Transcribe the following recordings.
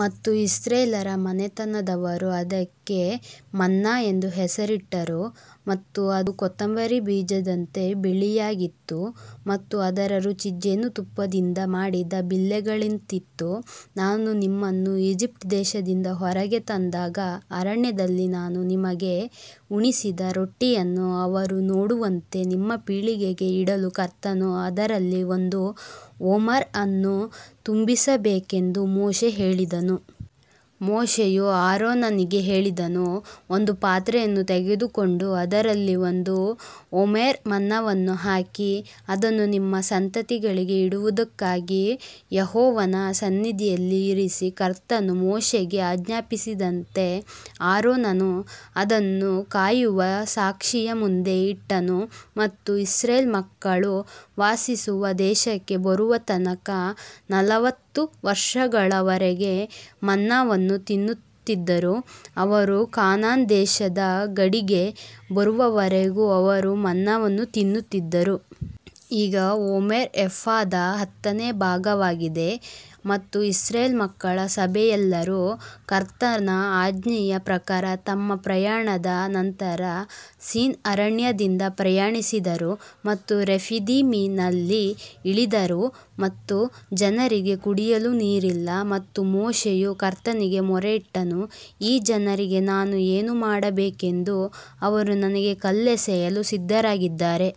ಮತ್ತು ಇಸ್ರಾಯೇಲ್ಯರ ಮನೆತನದವರು ಅದಕ್ಕೆ ಮನ್ನಾ ಎಂದು ಹೆಸರಿಟ್ಟರು ಮತ್ತು ಅದು ಕೊತ್ತಂಬರಿ ಬೀಜದಂತೆ ಬಿಳಿಯಾಗಿತ್ತು ಮತ್ತು ಅದರ ರುಚಿ ಜೇನುತುಪ್ಪದಿಂದ ಮಾಡಿದ ಬಿಲ್ಲೆಗಳಂತಿತ್ತು. ನಾನು ನಿಮ್ಮನ್ನು ಈಜಿಪ್ಟ್ ದೇಶದಿಂದ ಹೊರಗೆ ತಂದಾಗ ಅರಣ್ಯದಲ್ಲಿ ನಾನು ನಿಮಗೆ ಉಣಿಸಿದ ರೊಟ್ಟಿಯನ್ನು ಅವರು ನೋಡುವಂತೆ ನಿಮ್ಮ ಪೀಳಿಗೆಗೆ ಇಡಲು ಕರ್ತನು ಅದರಲ್ಲಿ ಒಂದು ಓಮರ್ ಅನ್ನು ತುಂಬಿಸಬೇಕೆಂದು ಮೋಶೆ ಹೇಳಿದನು. ಮೋಶೆಯು ಆರೋನನಿಗೆ ಹೇಳಿದನು, ಒಂದು ಪಾತ್ರೆಯನ್ನು ತೆಗೆದುಕೊಂಡು ಅದರಲ್ಲಿ ಒಂದು ಓಮೆರ್ ಮನ್ನವನ್ನು ಹಾಕಿ ಅದನ್ನು ನಿಮ್ಮ ಸಂತತಿಗಳಿಗೆ ಇಡುವುದಕ್ಕಾಗಿ ಯೆಹೋವನ ಸನ್ನಿಧಿಯಲ್ಲಿ ಇರಿಸಿ. ಕರ್ತನು ಮೋಶೆಗೆ ಆಜ್ಞಾಪಿಸಿದಂತೆ ಆರೋನನು ಅದನ್ನು ಕಾಯುವ ಸಾಕ್ಷಿಯ ಮುಂದೆ ಇಟ್ಟನು ಮತ್ತು ಇಸ್ರಾಯೇಲ್ ಮಕ್ಕಳು ವಾಸಿಸುವ ದೇಶಕ್ಕೆ ಬರುವ ತನಕ ನಲವತ್ತು ವರ್ಷಗಳವರೆಗೆ ಮನ್ನವನ್ನು ತಿನ್ನುತ್ತಿದ್ದರು ಅವರು ಕಾನಾನ್ ದೇಶದ ಗಡಿಗೆ ಬರುವವರೆಗೂ ಅವರು ಮನ್ನವನ್ನು ತಿನ್ನುತ್ತಿದ್ದರು. ಈಗ ಓಮರ್ ಎಫಾದ ಹತ್ತನೇ ಭಾಗವಾಗಿದೆ ಮತ್ತು ಇಸ್ರಾಯೇಲ್ ಮಕ್ಕಳ ಸಭೆಯೆಲ್ಲರು ಕರ್ತನ ಆಜ್ಞೆಯ ಪ್ರಕಾರ ತಮ್ಮ ಪ್ರಯಾಣದ ನಂತರ ಸಿನ್ ಅರಣ್ಯದಿಂದ ಪ್ರಯಾಣಿಸಿದರು ಮತ್ತು ರೆಫಿದೀಮಿನಲ್ಲಿ ಇಳಿದರು ಮತ್ತು ಜನರಿಗೆ ಕುಡಿಯಲು ನೀರಿಲ್ಲ. ಮತ್ತು ಮೋಶೆಯು ಕರ್ತನಿಗೆ ಮೊರೆಯಿಟ್ಟನು, ಈ ಜನರಿಗೆ ನಾನು ಏನು ಮಾಡಬೇಕೆಂದು ಅವರು ನನಗೆ ಕಲ್ಲೆಸೆಯಲು ಸಿದ್ಧರಾಗಿದ್ದಾರೆ.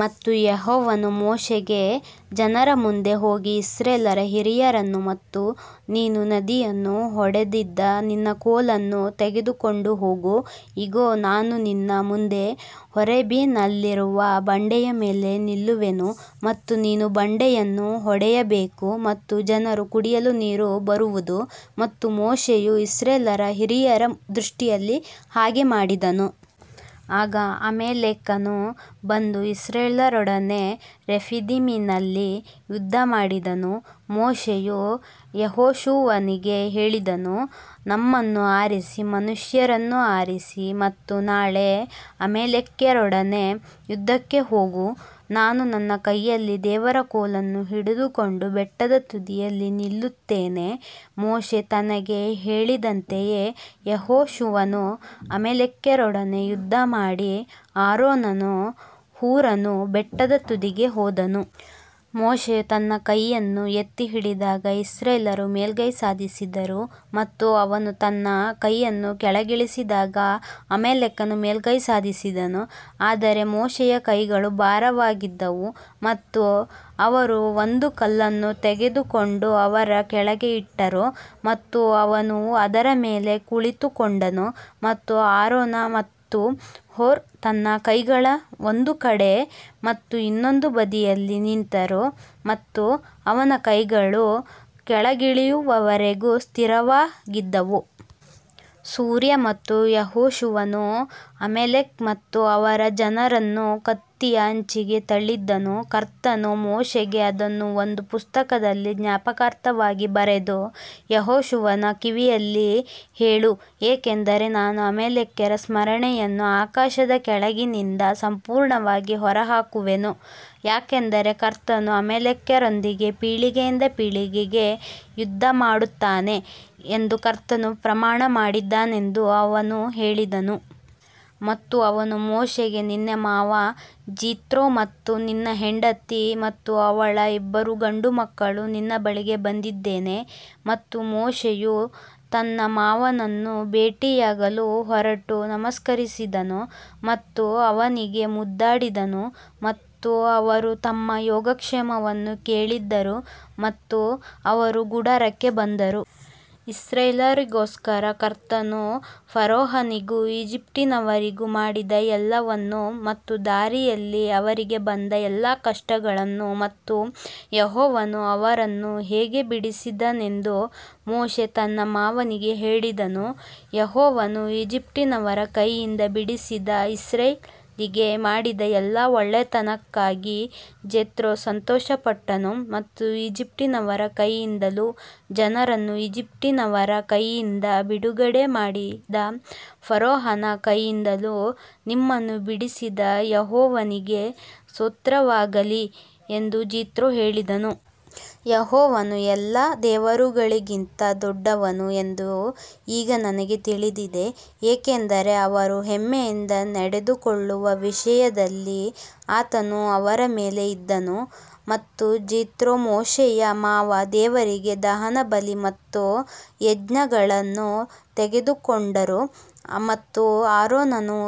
ಮತ್ತು ಯೆಹೋವನು ಮೋಶೆಗೆ ಜನರ ಮುಂದೆ ಹೋಗಿ ಇಸ್ರಾಯೇಲ್ಯರ ಹಿರಿಯರನ್ನು ಮತ್ತು ನೀನು ನದಿಯನ್ನು ಹೊಡೆದ ನಿನ್ನ ಕೋಲನ್ನು ತೆಗೆದುಕೊಂಡು ಹೋಗು. ಇಗೋ, ನಾನು ನಿನ್ನ ಮುಂದೆ ಹೋರೇಬಿನಲ್ಲಿರುವ ಬಂಡೆಯ ಮೇಲೆ ನಿಲ್ಲುವೆನು ಮತ್ತು ನೀನು ಬಂಡೆಯನ್ನು ಹೊಡೆಯಬೇಕು ಮತ್ತು ಜನರು ಕುಡಿಯಲು ನೀರು ಬರುವುದು ಮತ್ತು ಮೋಶೆಯು ಇಸ್ರಾಯೇಲ್ಯರ ಹಿರಿಯರ ದೃಷ್ಟಿಯಲ್ಲಿ ಹಾಗೆ ಮಾಡಿದನು. ಆಗ ಅಮಾಲೇಕನು ಬಂದು ಇಸ್ರಾಯೇಲ್ಯರೊಡನೆ ರೆಫಿದಿಮಿನಲ್ಲಿ ಯುದ್ಧಮಾಡಿದನು ಮೋಶೆಯು ಯೆಹೋಶುವನಿಗೆ ಹೇಳಿದನು, ನಮ್ಮನ್ನು ಆರಿಸಿ ಮನುಷ್ಯರನ್ನು ಆರಿಸಿ ಮತ್ತು ನಾಳೆ ಅಮಾಲೇಕ್ಯರೊಡನೆ ಯುದ್ಧಕ್ಕೆ ಹೋಗು, ನಾನು ನನ್ನ ಕೈಯಲ್ಲಿ ದೇವರ ಕೋಲನ್ನು ಹಿಡಿದುಕೊಂಡು ಬೆಟ್ಟದ ತುದಿಯಲ್ಲಿ ನಿಲ್ಲುತ್ತೇನೆ. ಮೋಶೆ ತನಗೆ ಹೇಳಿದಂತೆಯೇ ಯೆಹೋಶುವನು ಅಮಾಲೇಕ್ಯರೊಡನೆ ಯುದ್ಧಮಾಡಿ ಆರೋನನೂ ಹೂರನೂ ಬೆಟ್ಟದ ತುದಿಗೆ ಹೋದನು. ಮೋಶೆಯು ತನ್ನ ಕೈಯನ್ನು ಎತ್ತಿ ಹಿಡಿದಾಗ ಇಸ್ರಾಯೇಲ್ಯರು ಮೇಲುಗೈ ಸಾಧಿಸಿದರು ಮತ್ತು ಅವನು ತನ್ನ ಕೈಯನ್ನು ಕೆಳಗಿಳಿಸಿದಾಗ ಅಮಾಲೇಕನು ಮೇಲುಗೈ ಸಾಧಿಸಿದನು. ಆದರೆ ಮೋಶೆಯ ಕೈಗಳು ಭಾರವಾಗಿದ್ದವು ಮತ್ತು ಅವರು ಒಂದು ಕಲ್ಲನ್ನು ತೆಗೆದುಕೊಂಡು ಅವನ ಕೆಳಗೆ ಇಟ್ಟರು ಮತ್ತು ಅವನು ಅದರ ಮೇಲೆ ಕುಳಿತುಕೊಂಡನು ಮತ್ತು ಆರೋನ ಮತ್ತು ಹೂರ್ ತನ್ನ ಕೈಗಳನ್ನು ಒಂದು ಕಡೆ ಮತ್ತು ಇನ್ನೊಂದು ಬದಿಯಲ್ಲಿ ನಿಂತರು ಮತ್ತು ಅವನ ಕೈಗಳು ಕೆಳಗಿಳಿಯುವವರೆಗೂ ಸ್ಥಿರವಾಗಿದ್ದವು. ಸೂರ್ಯ ಮತ್ತು ಯೆಹೋಶುವನು ಅಮಾಲೇಕ್ ಮತ್ತು ಅವನ ಜನರನ್ನು ಕತ್ತಿಯ ಅಂಚಿಗೆ ತಳ್ಳಿದನು ಕರ್ತನು ಮೋಶೆಗೆ ಇದನ್ನು ಒಂದು ಪುಸ್ತಕದಲ್ಲಿ ಜ್ಞಾಪಕಾರ್ಥವಾಗಿ ಬರೆದು ಯೆಹೋಶುವನ ಕಿವಿಯಲ್ಲಿ ಹೇಳು, ಏಕೆಂದರೆ ನಾನು ಅಮಾಲೇಕ್ಯರ ಸ್ಮರಣೆಯನ್ನು ಆಕಾಶದ ಕೆಳಗಿನಿಂದ ಸಂಪೂರ್ಣವಾಗಿ ಹೊರಹಾಕುವೆನು. ಯಾಕಂದರೆ ಕರ್ತನು ಅಮಾಲೇಕ್ಯರೊಂದಿಗೆ ಪೀಳಿಗೆಯಿಂದ ಪೀಳಿಗೆಗೆ ಯುದ್ಧ ಮಾಡುತ್ತಾನೆ ಎಂದು ಕರ್ತನು ಪ್ರಮಾಣ ಮಾಡಿದ್ದಾನೆಂದು ಅವನು ಹೇಳಿದನು. ಮತ್ತು ಅವನು ಮೋಶೆಗೆ ನಿನ್ನ ಮಾವ ಜೆತ್ರೋ ಮತ್ತು ನಿನ್ನ ಹೆಂಡತಿ ಮತ್ತು ಅವಳ ಇಬ್ಬರು ಗಂಡುಮಕ್ಕಳು ನಿನ್ನ ಬಳಿಗೆ ಬಂದಿದ್ದೇನೆ. ಮತ್ತು ಮೋಶೆಯು ತನ್ನ ಮಾವನನ್ನು ಭೇಟಿಯಾಗಲು ಹೊರಟು ನಮಸ್ಕರಿಸಿದನು ಮತ್ತು ಅವನಿಗೆ ಮುದ್ದಾಡಿದನು ಮತ್ತು ಅವರು ತಮ್ಮ ಯೋಗಕ್ಷೇಮವನ್ನು ಕೇಳಿದರು ಮತ್ತು ಅವರು ಗುಡಾರಕ್ಕೆ ಬಂದರು. ಇಸ್ರಾಯೇಲ್ಯರಿಗೋಸ್ಕರ ಕರ್ತನು ಫರೋಹನಿಗೂ ಈಜಿಪ್ಟಿನವರಿಗೂ ಮಾಡಿದ ಎಲ್ಲವನ್ನೂ ಮತ್ತು ದಾರಿಯಲ್ಲಿ ಅವರಿಗೆ ಬಂದ ಎಲ್ಲಾ ಕಷ್ಟಗಳನ್ನು ಮತ್ತು ಯೆಹೋವನು ಅವರನ್ನು ಹೇಗೆ ಬಿಡಿಸಿದನೆಂದು ಮೋಶೆ ತನ್ನ ಮಾವನಿಗೆ ಹೇಳಿದನು. ಯೆಹೋವನು ಈಜಿಪ್ಟಿನವರ ಕೈಯಿಂದ ಬಿಡಿಸಿದ ಇಸ್ರಾಯೇಲಿಗೆ ಮಾಡಿದ ಎಲ್ಲಾ ಒಳ್ಳೆಯತನಕ್ಕಾಗಿ ಜೆತ್ರೋ ಸಂತೋಷಪಟ್ಟನು. ಮತ್ತು ಈಜಿಪ್ಟಿನವರ ಕೈಯಿಂದಲೂ ಜನರನ್ನು ಈಜಿಪ್ಟಿನವರ ಕೈಯಿಂದ ಬಿಡುಗಡೆ ಮಾಡಿದ ಫರೋಹನ ಕೈಯಿಂದಲೂ ನಿಮ್ಮನ್ನು ಬಿಡಿಸಿದ ಯೆಹೋವನಿಗೆ ಸ್ತೋತ್ರವಾಗಲಿ ಎಂದು ಜೆತ್ರೋ ಹೇಳಿದನು. ಯೆಹೋವನು ಎಲ್ಲಾ ದೇವರುಗಳಿಗಿಂತ ದೊಡ್ಡವನು ಎಂದು ಈಗ ನನಗೆ ತಿಳಿದಿದೆ ಏಕೆಂದರೆ ಅವರು ಹೆಮ್ಮೆಯಿಂದ ನಡೆದುಕೊಳ್ಳುವ ವಿಷಯದಲ್ಲಿ ಆತನು ಅವರ ಮೇಲೆ ಇದ್ದನು. ಮತ್ತು ಜೆತ್ರೋ ಮೋಶೆಯ ಮಾವ ದೇವರಿಗೆ ದಹನಬಲಿ ಮತ್ತು ಯಜ್ಞಗಳನ್ನು ತೆಗೆದುಕೊಂಡರು ಮತ್ತು ಆರೋನನು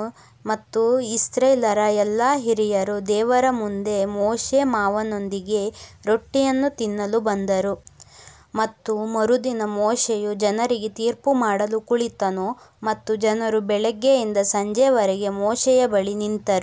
ಮತ್ತು ಇಸ್ರಾಯೇಲ್ಯರ ಎಲ್ಲಾ ಹಿರಿಯರು ದೇವರ ಮುಂದೆ ಮೋಶೆ ಮಾವನೊಂದಿಗೆ ರೊಟ್ಟಿಯನ್ನು ತಿನ್ನಲು ಬಂದರು. ಮತ್ತು ಮರುದಿನ ಮೋಶೆಯು ಜನರಿಗೆ ತೀರ್ಪುಮಾಡಲು ಕುಳಿತನು ಮತ್ತು ಜನರು ಬೆಳಿಗ್ಗೆಯಿಂದ ಸಂಜೆಯವರೆಗೆ ಮೋಶೆಯ ಬಳಿ ನಿಂತರು.